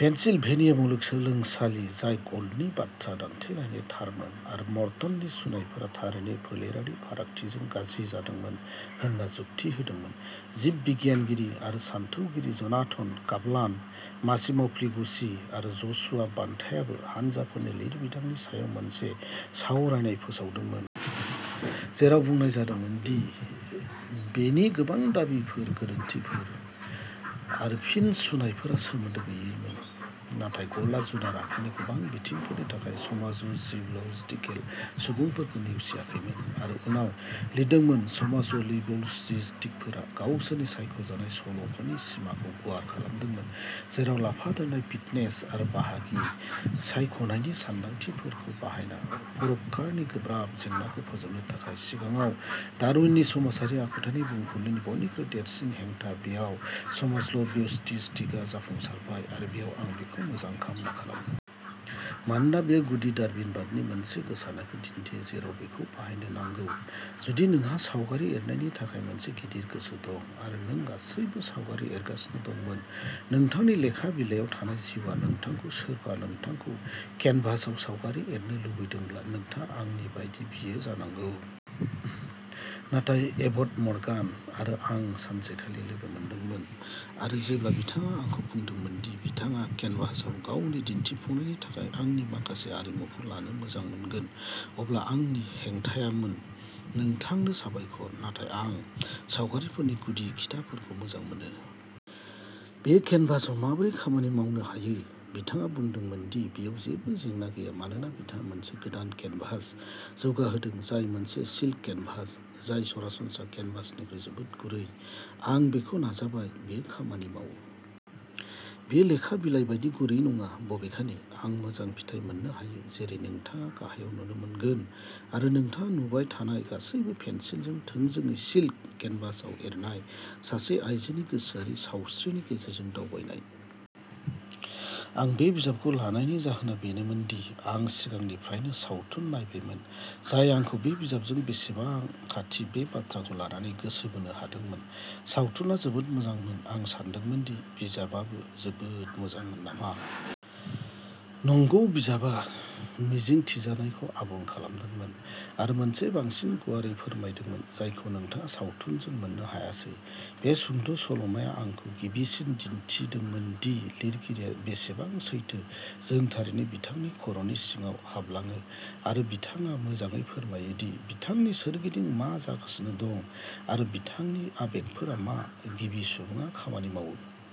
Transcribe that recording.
Pennsylvania मुलुगसोलोंसालि जाय ग'ल्डनि बाथ्रा दान्थेलायनाय थारमोन आरो मर्टननि सुनायफोरा थारैनो फोलेरारि फारागथिजों गाज्रि जादोंमोन होनना जुक्ति होदोंमोन। जिब बिगियानगिरि आरो सानथौगिरि जनाथन कापलान, मासिम'पिग्लुचि, आरो जसुआ बान्टायाबो हानजाफोरनि लिरबिदांनि सायाव मोनसे सावरायनाय फोसावदोंमोन। जेराव बुंनाय जादोंमोन दि बेनि गोबां दाबिफोर गोरोन्थिफोर आरो फिन सुनायफोरा सोमोन्दो गैयैमोन। नाथाय ग'ल्डआ जुनार आखुनि गोबां बिथिंफोरनि थाखाय समाज'जिब'ल'जिकेल सुबुंफोरखौ नेवसियाखैमोन आरो उनाव लिरदोंमोन "समाज'जिब'ल'जिस्तफोरा गावसोरनि सायख'जानाय सल'फोरनि सिमाखौ गुवार खालामदोंमोन जेराव लाफादेरनाय फिटनेस आरो बाहागि सायख'नायनि सानदांथिफोरखौ बाहायना परोपकारनि गोब्राब जेंनाखौ फोजोबनो थाखाय सिगाङाव डारविननि समाजारि आखुथायनि बुंफुरलुनि बयनिख्रुइ देरसिन हेंथा बेयाव समाज'जिब'ल'जिस्तआ जाफुंसारबाय आरो बेयाव आं बेखौ मोजां कामना खालामो। मानोना बेयो गुदि डारविनबादनि मोनसे गोसारनायखौ दिन्थियो जेराव बेखौ बाहायनो नांगौ।" जुदि नोंहा सावगारि एरनायनि थाखाय मोनसे गिदिर गोसो दं आरो नों गासैबो सावगारि एरगासिनो दंमोन। नोंथांनि लेखा बिलायाव थानाय जिउआ नोंथांखौ सोरबा नोंथांखौ केनभासआव सावगारि एरनो लुबैदोंब्ला नोंथाङा आंनि बायदि गियो जानांगौ। नाथाय एभट मर्गान आरो आं सानसेखालि लोगो मोनदोंमोन आरो जेब्ला बिथाङा आंखौ बुंदोंमोन दि बिथाङा केनभासआव गावनि दिन्थिफुंनायनि थाखाय आंनि माखासे आरिमुखौ लानो मोजां मोनगोन अब्ला आंनि हेंथायामोन नोंथांनो साबायखर। नाथाय आं सावगारिफोरनि गुदि खिथाफोरखौ मोजां मोनो। बेयो केनभासआव माबोरै खामानि मावनो हायो?" बिथाङा बुंदोंमोन दि बेयाव जेबो जेंना गैया मानोना बिथाङा मोनसे गोदान केनभास जौगाहोदों जाय मोनसे "सिल्क केनभास" जाय सरासनस्रा केनभासनिख्रुइ जोबोद गुरै। आं बेखौ नाजाबाय। बेयो खामानि मावो। बेयो लेखा बिलाय बायदि गुरै नङा बबेखानि आं मोजां फिथाय मोननो हायो जेरै नोंथाङा गाहायाव नुनो मोनगोन आरो नोंथाङा नुबाय थानाय गासैबो पेन्सिलजों थोंजोङै सिल्क केनभासआव एरनाय। सासे आयजोनि गोसोआरि सावस्रिनि गेजेरजों दावबायनाय। आं बे बिजाबखौ लानायनि जाहोना बेनोमोन दि आं सिगांनिफ्रायनो सावथुन नायबायमोन जाय आंखौ बे बिजाबजों बेसेबां खाथि बे बाथ्राखौ लानानै गोसो बोनो हादोंमोन। सावथुना जोबोद मोजांमोन आं सानदोंमोन दि बिजाबाबो जोबोद मोजांमोन नामा? नंगौ बिजाबआ मिजिंथिजानायखौ आबुं खालामदोंमोन आरो मोनसे बांसिन गुवारै फोरमायदोंमोन जायखौ नोंथाङा सावथुनजों मोननो हायासै। बे सुंद' सल'माया आंखौ गिबिसिन दिन्थिदोंमोन दि लिरगिरिया बेसेबां सैथो जों थारैनो बिथांनि खर'नि सिङाव हाबलाङो आरो बिथाङा मोजाङै फोरमायो दि बिथांनि सोरगिदिं मा जागासिनो दं आरो बिथांनि आबेगफोरा मा गिबि सुबुङा खामानि मावो?